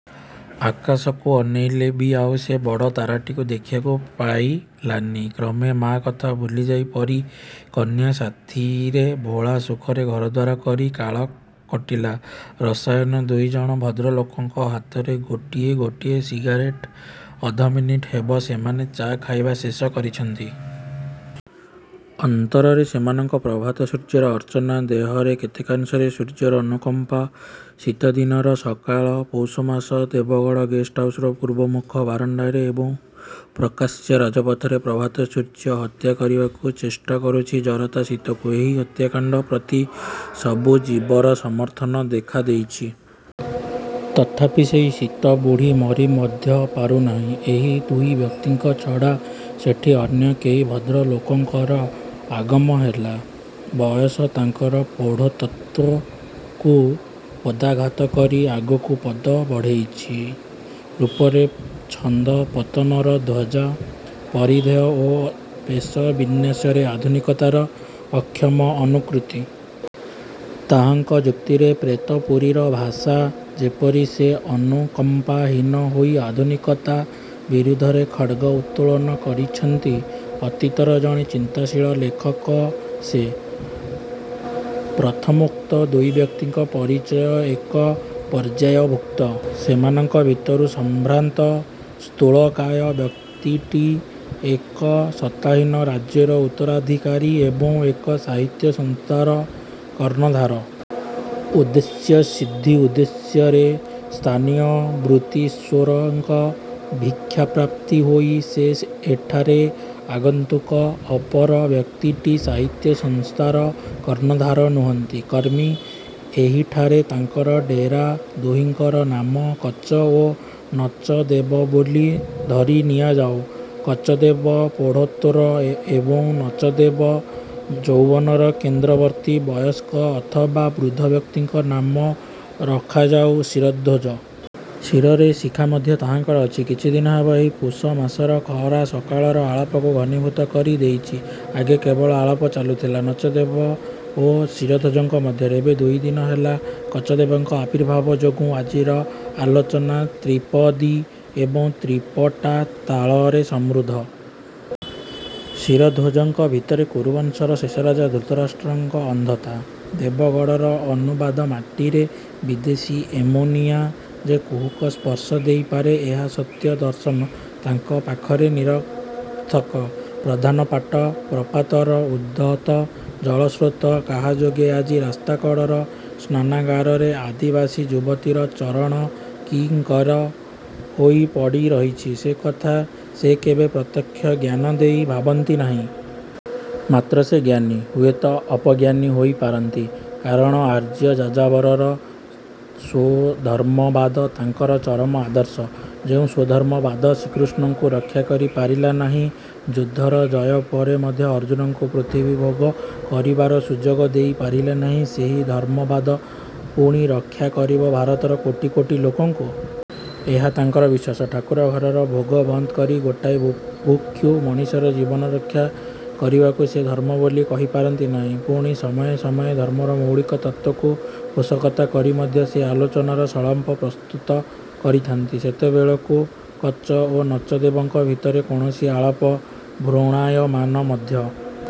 ଆକାଶକୁ ଅନେଇଲେ ବି ଆଉ ସେ ବଡ଼ ତରାଟିକୁ ଦେଖିବାକୁ ପାଇଲାନି। କ୍ରମେ ମା କଥା ଭୁଲିଯାଇ ପରୀ କନ୍ୟା ସାଥିରେ ଭୋଳା ସୁଖରେ ଘରଦ୍ୱାର କରି କାଳ କଟିଲା। ରସାୟନ ଦୁଇଜଣ ଭଦ୍ରଲୋକଙ୍କ ହାତରେ ଗୋଟିଏ ଗୋଟିଏ ସିଗାରେଟ୍। ଅଧମିନିଟ୍ ହେବ ସେମାନେ ଚା' ଖାଇବା ଶେଷ କରିଛନ୍ତି। ଅନ୍ତରରେ ସେମାନଙ୍କର ପ୍ରଭାତ ସୂର୍ଯ୍ୟର ଅର୍ଚ୍ଚନା, ଦେହର କେତେକାଂଶରେ ସୂର୍ଯ୍ୟର ଅନୁକଂପା। ଶୀତଦିନର ସକାଳ। ପୌଷ ମାସ! ଦେବଗଡ଼ ଗେଷ୍ଟହାଉସର ପୂର୍ବମୁଖ ବରଣ୍ଡାରେ ଏବଂ ପ୍ରକାଶ୍ୟ ରାଜପଥରେ ପ୍ରଭାତ ସୂର୍ଯ୍ୟ ହତ୍ୟା କରିବାକୁ ଚେଷ୍ଟା କରୁଛି ଜରତା ଶୀତକୁ। ଏହି ହତ୍ୟାକାଣ୍ଡ ପ୍ରତି ସବୁ ଜୀବର ସମର୍ଥନ ଦେଖାଦେଇଛି। ତଥାପି ସେଇ ଶୀତବୁଢ଼ୀ ମରି ମଧ୍ୟ ମରି ପାରୁ ନାହିଁ। ଏହି ଦୁଇ ବ୍ୟକ୍ତିଙ୍କ ଛଡ଼ା ସେଠି ଅନ୍ୟ ଏକ ଭଦ୍ରଲୋକଙ୍କର ଆଗମ ହେଲା। ବୟସ ତାଙ୍କର ପ୍ରୌଢ଼ତ୍ଵକୁ ପଦାଘାତ କରି ଆଗକୁ ପଦ ବଢ଼େଇଚି। ରୂପରେ ଛନ୍ଦପତନର ଧ୍ୱଜା। ପରିଧେୟ ଏବଂ ବେଶ ବିନ୍ୟାସରେ ଆଧୁନିକତାର ଅକ୍ଷମ ଅନୁକୃତି। ତାହାଙ୍କ ଯୁକ୍ତିରେ ପ୍ରେତପୁରୀର ଭାଷା। ଯେପରି ସେ ଅନୁକଂପାହୀନ ହୋଇ ଆଧୁନିକତା ବିରୁଦ୍ଧରେ ଖଡ଼୍ଗ ଉତ୍ତୋଳନ କରିଛନ୍ତି। ଅତୀତର ଜଣେ ଚିନ୍ତାଶୀଳ ଲେଖକ ସେ। ପ୍ରଥମୋକ୍ତ ଦୁଇବ୍ୟକ୍ତିଙ୍କ ପରିଚୟ ଏକ ପର୍ଯ୍ୟାୟଭୁକ୍ତ। ସେମାନଙ୍କ ଭିତରୁ ସମ୍ଭ୍ରାନ୍ତ ସ୍ଥୂଳକାୟ ବ୍ୟକ୍ତିଟି ଏକ ସତ୍ତାହୀନ ରାଜ୍ୟର ଉତ୍ତରାଧିକରୀ ଏବଂ ଏକ ସାହିତ୍ୟ-ସଂସ୍ଥାର କର୍ଣ୍ଣଧାର-। ଉଦ୍ଦେଶ୍ୟ ସିଦ୍ଧି ଉଦ୍ଦେଶ୍ୟରେ ସ୍ଥାନୀୟ ବୃତ୍ତୀଶ୍ୱରଙ୍କ ଭିକ୍ଷାପ୍ରାର୍ଥୀ ହୋଇ ସେ ଏଠାରେ ଆଗନ୍ତୁକ-। ଅପର ବ୍ୟକ୍ତିଟି ସାହିତ୍ୟ-ସଂସ୍ଥାର କର୍ଣ୍ଣ-ଧାର ନୁହଁନ୍ତି, କର୍ମୀ। ଏହିଠାରେ ତାଙ୍କର ଡେରା-। ଦୁହିଁଙ୍କର ନାମ କଚ ଓ ନଚଦେବ ବୋଲି ଧରିନିଆଯାଉ। କଚଦେବ ପ୍ରୌଢ଼ତ୍ୱର ଏବଂ ନଚଦେବ ଯୌବନର କେନ୍ଦ୍ରବର୍ତ୍ତୀ। ବୟସ୍କ ଅଥବା ବୃଦ୍ଧ ବ୍ୟକ୍ତିଙ୍କ ନାମ ରଖାଯାଉ ଶିରଧ୍ୱଜ। ଶିରରେ ଶିଖା ମଧ୍ୟ ତାହାଙ୍କର ଅଛି। କିଛିଦିନ ହେବ ଏହି ପୁଷମାସର ଖରା ସକାଳର ଆଳାପକୁ ଘନୀଭୂତ କରି ଦେଇଛି। ଆଗେ କେବଳ ଆଳାପ ଚାଲୁଥିଲା ନଚଦେବ ଓ ଶିରଧ୍ୱଜଙ୍କ ମଧ୍ୟରେ। ଏବେ ଦୁଇଦିନ ହେଲା କଚଦେବଙ୍କ ଆବିର୍ଭାବ ଯୋଗୁ ଆଜିର ଆଲୋଚନା ତ୍ରିପଦୀ ଏବଂ ତ୍ରୀପଟା ତାଳରେ ସମୃଦ୍ଧ। ଶିରଧ୍ଵଜଙ୍କ ଭିତରେ କୁରୁବଂଶର ଶେଷ ରାଜା ଧୃତରାଷ୍ଟ୍ରଙ୍କ ଅନ୍ଧତା। ଦେବଗଡ଼ର ଅନୁବାଦ ମାଟିରେ ବିଦେଶୀ ଏମୋନିଆ ଯେ କୁହୁକ ସ୍ପର୍ଶ ଦେଇ ପାରେ ଏହାର ସତ୍ୟ ଦର୍ଶନ ତାଙ୍କ ପାଖରେ ନିରର୍ଥକ। ପ୍ରଧାନ ପାଟ ପ୍ରପାତର ଉଦ୍ଧତ ଜଳସ୍ରୋତ କହାଯୋଗେ ଆଜି ରାସ୍ତାକଡ଼ର ସ୍ନାନାଗାରରେ ଆଦିବାସୀ ଯୁବତୀର ଚରଣକିଙ୍କର ହୋଇ ପଡ଼ିରହିଛି ସେ କଥା ସେ କେବେ ପ୍ରତ୍ୟକ୍ଷ ଜ୍ଞାନ ଦେଇ ଭାବନ୍ତି ନାହିଁ। ମାତ୍ର ସେ ଜ୍ଞାନୀ। ହୁଏ ତ ଅପଜ୍ଞାନୀ ହୋଇ ପାରନ୍ତି-। କାରଣ, ଆର୍ଯ୍ୟ ଯାଯାବରର ସ୍ଵଧର୍ମବାଦ ତାଙ୍କର ଚରମ ଆଦର୍ଶ। ଯେଉଁ ସ୍ଵଧର୍ମବାଦ ଶ୍ରୀକୃଷ୍ଣଙ୍କୁ ରକ୍ଷା କରି ପାରିଲା ନାହିଁ, ଯୁଦ୍ଧର ଜୟ ପରେ ମଧ୍ୟ ଅର୍ଜୁନଙ୍କୁ ପୃଥିବୀ ଭୋଗ କରିବାର ସୁଯୋଗ ଦେଇ ପାରିଲା ନାହିଁ, ସେହି ସ୍ଵଧର୍ମବାଦ ପୁଣି ରକ୍ଷା କରିବ ଭାରତର କୋଟି କୋଟି ଲୋକଙ୍କୁ-। ଏହା ତାଙ୍କର ବିଶ୍ୱାସ।... ଠାକୁର ଘରର ଭୋଗ ବନ୍ଦ କରି ଗୋଟାଏ ବୁଭୁକ୍ଷୁ ମଣିଷର ଜୀବନ ରକ୍ଷା କରିବାକୁ ସେ ଧର୍ମ ବୋଲି କହି ପାରନ୍ତି ନାହିଁ। ପୁଣି ସମୟେ ସମୟେ ଧର୍ମର ମୌଳିକ ତତ୍ତ୍ଵକୁ ପୋଷକତା କରି ମଧ୍ୟ ସେ ଆଲୋଚନାର ସଂଳାପ ପ୍ରସ୍ତୁତ କରିଥାନ୍ତି। ସେତେବେଳକୁ କଚ ଓ ନଚଦେବଙ୍କ ଭିତରେ କୌଣସି ଆଳାପ ଭ୍ରୂଣାୟମାନ ମଧ୍ୟ